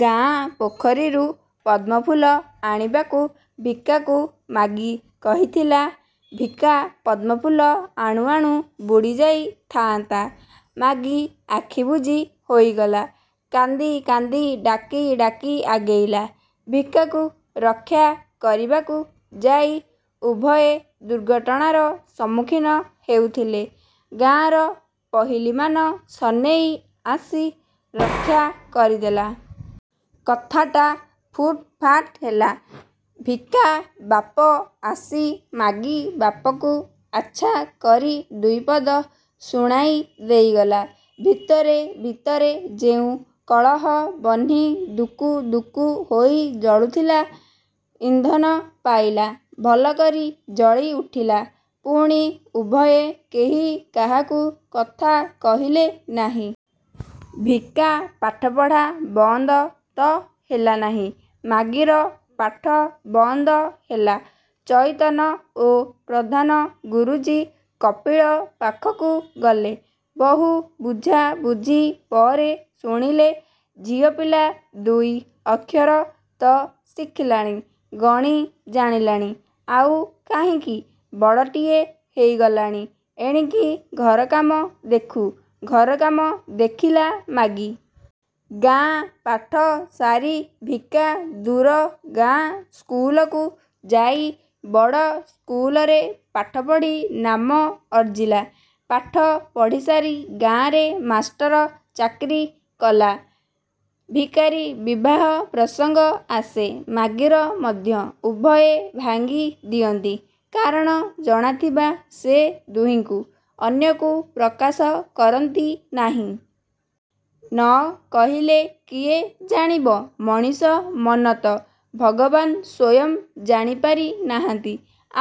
ଗାଁ ପୋଖରୀରୁ ପଦ୍ମଫୁଲ ଆଣିବାକୁ ଭିକାକୁ ମାଗି କହିଥିଲା। ଭିକା ପଦ୍ମଫୁଲ ଆଣୁ ଆଣୁ ବୁଡ଼ିଯାଇ ଥାଆନ୍ତା, ମାଗି ଆଖି ବୁଜି ହୋଇଗଲା। କାନ୍ଦି କାନ୍ଦି ଡାକି ଡାକି ଆଗେଇଲା। ଭିକାକୁ ରକ୍ଷା କରିବାକୁ ଯାଇ ଉଭୟେ ଦୁର୍ଘଟଣାର ସମ୍ମୁଖୀନ ହେଉଥିଲେ। ଗାଁର ପହିଲିମାନ ସନେଇ ଆସି ରକ୍ଷା କରିଦେଲା। କଥାଟା ଫୁଟ ଫାଟ ହେଲା। ଭିକା ବାପ ଆସି ମାଗି ବାପକୁ ଆଚ୍ଛା କରି ଦୁଇପଦ ଶୁଣାଇ ଦେଇଗଲା। ଭିତରେ ଭିତରେ ଯେଉଁ କଳହ ବହ୍ନି ଦୁକୁ ଦୁକୁ ହୋଇ ଜଳୁଥିଲା, ଇନ୍ଧନ ପାଇଲା, ଭଲ କରି ଜଳିଉଠିଲା। ପୁଣି ଉଭୟେ କେହି କାହାକୁ କଥା କହିଲେ ନାହିଁ। ଭିକା ପାଠପଢ଼ା ବନ୍ଦ ତ ହେଲା ନାହିଁ, ମାଗିର ପାଠ ବନ୍ଦ ହେଲା। ଚଇତନ ଓ ପ୍ରଧାନ ଗୁରୁଜୀ କପିଳ ପାଖକୁ ଗଲେ। ବହୁ ବୁଝା ବୁଝି ପରେ ଶୁଣିଲେ, ଝିଅ ପିଲା ଦୁଇ ଅକ୍ଷର ତ ଶିଖିଲାଣି, ଗଣି ଜାଣିଲାଣି, ଆଉ କାହିଁକି? ବଡ଼ଟିଏ ହେଇଗଲାଣି, ଏଣିକି ଘରକାମ ଦେଖୁ ଘରକାମ ଦେଖିଲା ମାଗି। ଗାଁ ପାଠ ସାରି ଭିକା ଦୂର ଗାଁ ସ୍କୁଲକୁ ଯାଇ ବଡ଼ ସ୍କୁଲରେ ପାଠପଢ଼ି ନାମ ଅର୍ଜିଲା। ପାଠ ପଢ଼ିସାରି ଗାଁରେ ମାଷ୍ଟ୍ର ଚାକିରୀ କଲା। ଭିକାରୀ ବିବାହ ପ୍ରସଙ୍ଗ ଆସେ। ମାଗିର ମଧ୍ୟ। ଉଭୟେ ଭାଙ୍ଗି ଦିଅନ୍ତି। କାରଣ ଜଣାଥିବା ସେ ଦୁହିଁଙ୍କୁ। ଅନ୍ୟକୁ ପ୍ରକାଶ କରନ୍ତି ନାହିଁ। ନ କହିଲେ କିଏ ଜାଣିବ! ମଣିଷ ମନ ତ, ଭଗବାନ ସ୍ୱୟଂ ଜାଣିପାରି ନାହାନ୍ତି,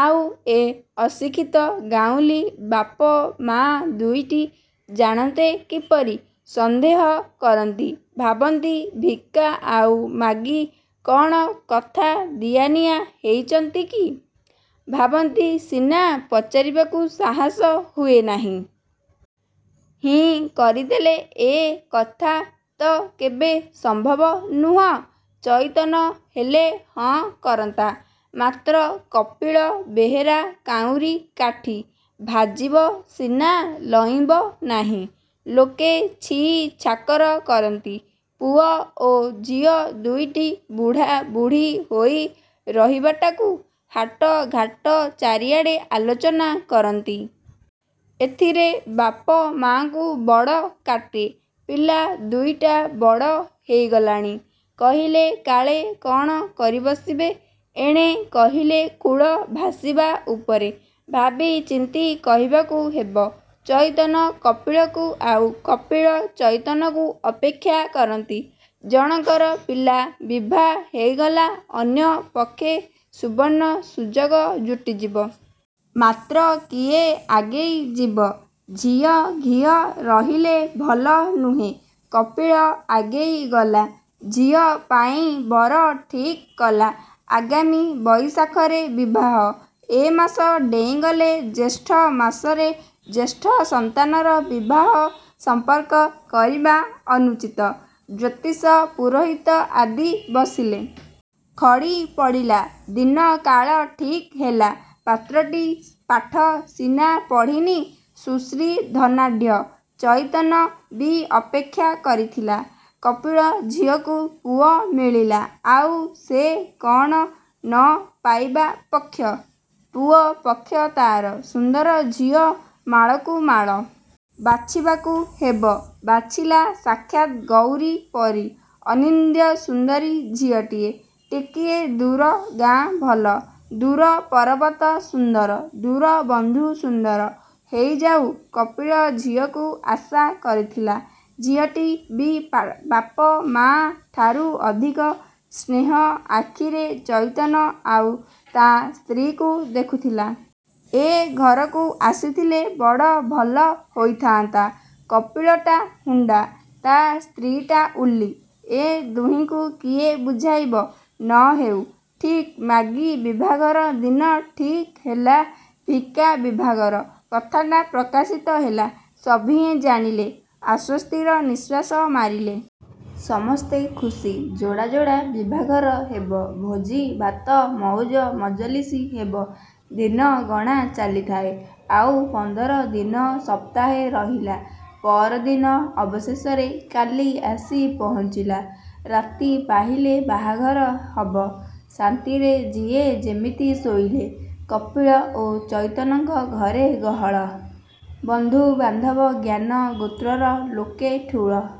ଆଉ ଏ ଅଶିକ୍ଷିତ ଗାଉଁଲୀ ବାପ ମା ଦୁଇଟି ଜାଣନ୍ତେ କିପରି-? ସନ୍ଦେହ କରନ୍ତି। ଭାବନ୍ତି 'ଭିକା' ଆଉ 'ମାଗି' କ'ଣ କଥା ଦିଆନିଆ ହେଇଚନ୍ତି କି? ଭାବନ୍ତି ସିନା, ପଚାରିବାକୁ ସାହସ ହୁଏ ନାହିଁ। ହିଁ କରିଦେଲେ, ଏ କଥା ତ କେବେ ସମ୍ଭବ ନୁହଁ-। ଚଇତନ ହେଲେ ହଁ କରନ୍ତା; ମାତ୍ର କପିଳ ବେହେରା କାଉଁରୀ କାଠି, ଭାଜିବ ସିନା ଲଇଁବ ନାହିଁ-। ଲୋକେ ଛି ଛାକର କରନ୍ତି। ପୁଅ ଓ ଝିଅ ଦୁଇଟି ବୁଢ଼ା ବୁଢ଼ୀ ହୋଇ ରହିବାଟାକୁ, ହାଟ, ଘାଟ ଚାରିଆଡ଼େ ଆଲୋଚନା କରନ୍ତି। ଏଥିରେ ବାପ ମା'ଙ୍କୁ ବଡ଼ କାଟେ। ପିଲା ଦୁଇଟା ବଡ଼ ହେଇଗଲାଣି। କହିଲେ କାଳେ କ'ଣ କରିବସିବେ, ଏଣେ କହିଲେ କୁଳ ଭାସିବା ଉପରେ। ଭାବିଚିନ୍ତି କହିବାକୁ ହେବ। ଚଇତନ କପିଳକୁ ଆଉ କପିଳ ଚଇତନକୁ ଅପେକ୍ଷା କରନ୍ତି। ଜଣକର ପିଲା ବିଭା ହେଇଗଲା ଅନ୍ୟ ପକ୍ଷେ ସୁବର୍ଣ୍ଣ ସୁଯୋଗ ଜୁଟିଯିବ। ମାତ୍ର କିଏ ଆଗେଇ ଯିବ। 'ଝିଅ' 'ଘିଅ' ରହିଲେ ଭଲ ନୁହେଁ। କପିଳ ଆଗେଇ ଗଲା। ଝିଅ ପାଇଁ ବର ଠିକ୍ କଲା। ଆଗାମୀ ବଇଶାଖରେ ବିବାହ। ଏମାସ ଡେଇଁଗଲେ ଜ୍ୟେଷ୍ଠମାସରେ ଜ୍ୟେଷ୍ଠ ସନ୍ତାନର ବିବାହ ସମ୍ପର୍କ କରିବା ଅନୁଚିତ। ଜ୍ୟୋତିଷ, ପୁରୋହିତ ଆଦି ବସିଲେ। ଖଡ଼ି ପଡ଼ିଲା। ଦିନ କାଳ ଠିକ୍ ହେଲା। ପାତ୍ରଟି ପାଠ ସିନା ପଢ଼ିନି; ସୁଶ୍ରୀ, ଧନାଢ଼୍ୟ। ଚଇତନ ବି ଅପେକ୍ଷା କରିଥିଲା। କପିଳ ଝିଅକୁ ପୁଅ ମିଳିଲା, ଆଉ ସେ କ'ଣ ନ ପାଇବା ପକ୍ଷ? ପୁଅ ପକ୍ଷ ତାର। ସୁନ୍ଦର ଝିଅ ମାଳକୁ ମାଳ। ବାଛିବାକୁ ହେବ। ବାଛିଲା ସାକ୍ଷାତ୍ ଗୌରୀ ପରି ଅନିନ୍ଦ୍ୟସୁନ୍ଦରୀ ଝିଅଟିଏ। ଟିକିଏ ଦୂର ଗାଁ ଭଲ। ଦୂର ପରବତ ସୁନ୍ଦର, ଦୂର ବନ୍ଧୁ ସୁନ୍ଦର। ହେଇଯାଉ, କପିଳ ଝିଅକୁ ଆଶା କରିଥିଲା। ଝିଅଟି ବି ବାପ ମା'ଠାରୁ ଅଧିକ ସ୍ନେହ ଆଖିରେ ଚଇତନ ଆଉ ତା ସ୍ତ୍ରୀକୁ ଦେଖୁଥିଲା। ଏ ଘରକୁ ଆସିଥିଲେ ବଡ଼ ଭଲ ହୋଇଥାଆନ୍ତା। କପିଳଟା ହୁଣ୍ତା, ତା ସ୍ତ୍ରୀଟା ଉଲ୍ଲୀ। ଏ ଦୁହିଁଙ୍କୁ କିଏ ବୁଝାଇବ। ନ ହେଉ। ଠିକ୍ 'ମାଗି' ବିଭାଘର ଦିନ ଠିକ୍ ହେଲା ଭିକା ବିଭାଘର। କଥାଟା ପ୍ରକାଶିତ ହେଲା। ସଭିଏଁ ଜାଣିଲେ। ଆଶ୍ୱସ୍ତିର ନିଶ୍ୱାସ ମାରିଲେ। ସମସ୍ତେ ସୁଖୀ। ଯୋଡ଼ା ଯୋଡ଼ା ବିଭାଘର ହେବ। ଭୋଜି ଭାତ ମଉଜ ମଜଲିସ ହେବ। ଦିନ ଗଣା ଚାଲିଥାଏ। ଆଉ ପନ୍ଦର ଦିନ, ସପ୍ତାହେ ରହିଲା। ପଅରଦିନ, ଅବଶେଷରେ କାଲି ଆସି ପହୁଞ୍ଚିଲା। ରାତି ପାହିଲେ ବାହାଘର ହବ। ଶାନ୍ତିରେ ଯିଏ ଯେମିତି ଶୋଇଲେ। କପିଳ ଓ ଚଇତନଙ୍କ ଘରେ ଗହଳ। ବନ୍ଧୁ ବାନ୍ଧବ, ଜ୍ଞାନ ଗୋତ୍ରର ଲୋକେ ଠୁଳ।